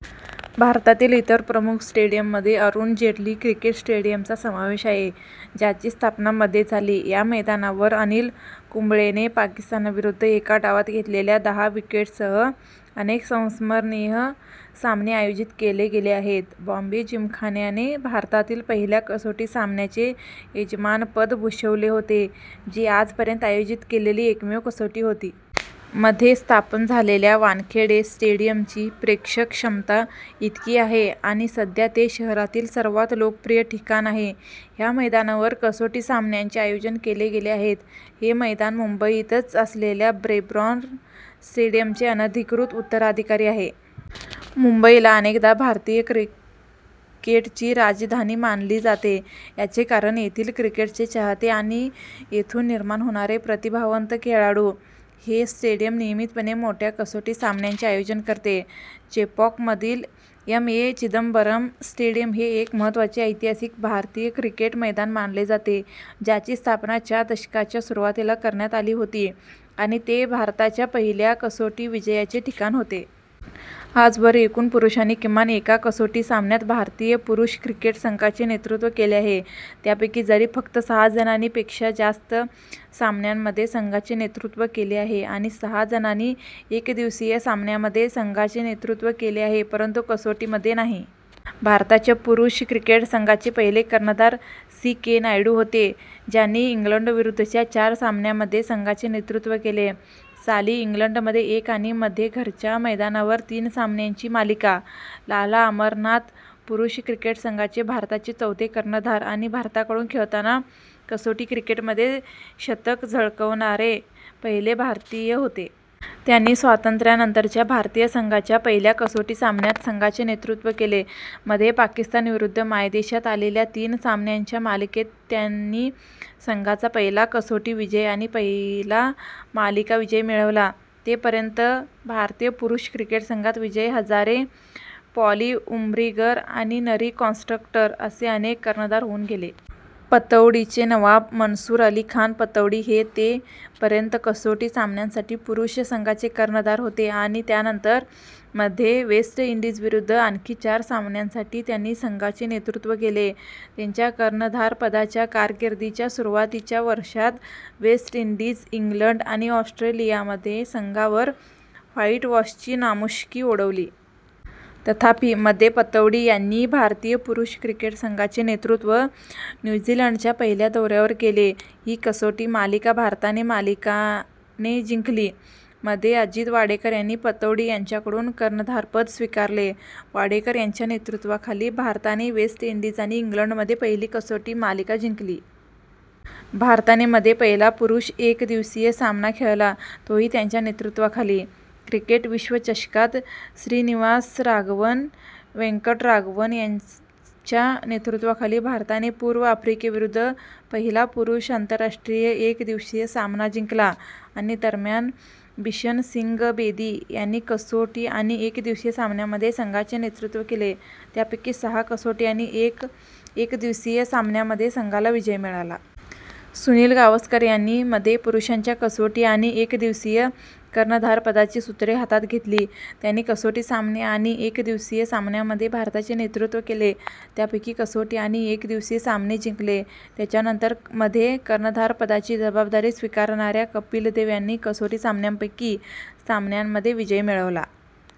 भारतातील इतर प्रमुख स्टेडियममध्ये अरुण जेटली क्रिकेट स्टेडियमचा समावेश आहे, ज्याची स्थापना मध्ये झाली. ह्या मैदानांवर अनिल कुंबळेने पाकिस्तानविरुद्ध एका डावात घेतलेल्या दहा विकेट्ससह अनेक संस्मरणीय सामने आयोजित केले गेले आहेत. बॉम्बे जिमखान्याने भारतातील पहिल्या कसोटी सामन्याचे यजमानपद भूषवले होते, जी आजपर्यंत आयोजित केलेली एकमेव कसोटी होती. मध्ये स्थापन झालेल्या वानखेडे स्टेडियमची प्रेक्षक क्षमता इतकी आहे आणि सध्या ते शहरातील सर्वात लोकप्रिय ठिकाण आहे. ह्या मैदानावर कसोटी सामन्यांचे आयोजन केले गेले आहेत. हे मैदान मुंबई तच असलेल्या ब्रेबॉर्न स्टेडियमचे अनधिकृत उत्तराधिकारी आहे. मुंबईला अनेकदा भारतीय क्रिकेटची राजधानी मानली जाते याचे कारण येथील क्रिकेटचे चाहते आणि येथून निर्माण होणारे प्रतिभावंत खेळाडू. हे स्टेडियम नियमितपणे मोठ्या कसोटी सामन्यांचे आयोजन करते. चेपॉकमधील एम. ए. चिदंबरम स्टेडियम हे एक महत्त्वाचे ऐतिहासिक भारतीय क्रिकेट मैदान मानले जाते, ज्याची स्थापना च्या दशकाच्या सुरुवातीला करण्यात आली होती आणि ते भारताच्या पहिल्या कसोटी विजयाचे ठिकाण होते.। आजवर एकूण पुरुषांनी किमान एका कसोटी सामन्यात भारतीय पुरुष क्रिकेट संघाचे नेतृत्व केले आहे. त्यापैकी जरी फक्त सहा जणांनी पेक्षा जास्त सामन्यांमध्ये संघाचे नेतृत्व केले आहे आणि सहा जणांनी एकदिवसीय सामन्यांमध्ये संघाचे नेतृत्व केले आहे परंतु कसोटीमध्ये नाही. भारताच्या पुरुष क्रिकेट संघाचे पहिले कर्णधार सी. के. नायडू होते, ज्यांनी इंग्लंडविरुद्धच्या चार सामन्यांमध्ये संघाचे नेतृत्व केले; साली इंग्लंडमध्ये एक आणि - मध्ये घरच्या मैदानावर तीन सामन्यांची मालिका. लाला अमरनाथ, पुरुष क्रिकेट संघाचे भारताचे चौथे कर्णधार आणि भारताकडून खेळताना कसोटी क्रिकेटमध्ये शतक झळकावणारे पहिले भारतीय होते. त्यांनी स्वतंत्र्यानंतरच्या भारतीय संघाच्या पहिल्या कसोटी सामन्यात संघाचे नेतृत्व केले. - मध्ये पाकिस्तान विरुद्ध मायदेशात झालेल्या तीन सामन्यांच्या मालिकेत त्यांनी संघाचा पहिला कसोटी विजय आणि पहिला मालिका विजय मिळवला. ते - पर्यंत, भारतीय पुरुष क्रिकेट संघात विजय हजारे, पॉली उम्रीगर आणि नरी कॉन्ट्रॅक्टर असे अनेक कर्णधार होऊन गेले. पतौडीचे नवाब, मन्सूर अली खान पतौडी हे - ते - पर्यंत कसोटी सामन्यांसाठी पुरुष संघाचे कर्णधार होते आणि त्यानंतर - मध्ये वेस्ट इंडीजविरुद्ध आणखी चार सामन्यांसाठी त्यांनी संघाचे नेतृत्व केले. त्याच्या कर्णधारपदाच्या कारकिर्दीच्या सुरुवातीच्या वर्षांत, वेस्ट इंडीज, इंग्लंड आणि ऑस्ट्रेलियामध्ये संघावर व्हाईटवॉशची नामुष्की ओढवली. तथापि, - मध्ये, पतौडी यांनी भारतीय पुरुष क्रिकेट संघाचे नेतृत्व न्यू झीलंडच्या पहिल्या दौऱ्यावर केले. ही कसोटी मालिका भारताने मालिका - ने जिंकली. - मध्ये अजित वाडेकर यांनी पतौडी यांच्याकडून कर्णधारपद स्वीकारले. वाडेकर यांच्या नेतृत्वाखाली भारताने वेस्ट इंडीज आणि इंग्लंडमध्ये पहिली कसोटी मालिका जिंकली. भारताने मध्ये पहिला पुरुष एकदिवसीय सामना खेळला, तोही त्यांच्या नेतृत्वाखाली. क्रिकेट विश्वचषकात श्रीनिवासराघवन वेंकटराघवन यांच्या नेतृत्वाखाली भारताने पूर्व आफ्रिकेविरुद्ध पहिला पुरुष आंतरराष्ट्रीय एकदिवसीय सामना जिंकला. - आणि - दरम्यान, बिशन सिंग बेदी यांनी कसोटी आणि एकदिवसीय सामन्यांमध्ये संघाचे नेतृत्व केले, त्यापैकी सहा कसोटी आणि एक एकदिवसीय सामन्यामध्ये संघाला विजय मिळाला. सुनील गावस्कर यांनी - मध्ये पुरुषांच्या कसोटी आणि एकदिवसीय कर्णधारपदाची सूत्रे हातात घेतली. त्यांनी कसोटी सामने आणि एकदिवसीय सामन्यांमध्ये भारताचे नेतृत्व केले, त्यापैकी कसोटी आणि एकदिवसीय सामने जिंकले. त्यांच्यानंतर मध्ये कर्णधारपदाची जबाबदारी स्वीकारणाऱ्या कपिल देव यांनी कसोटी सामन्यांपैकी सामन्यांमध्ये विजय मिळवला.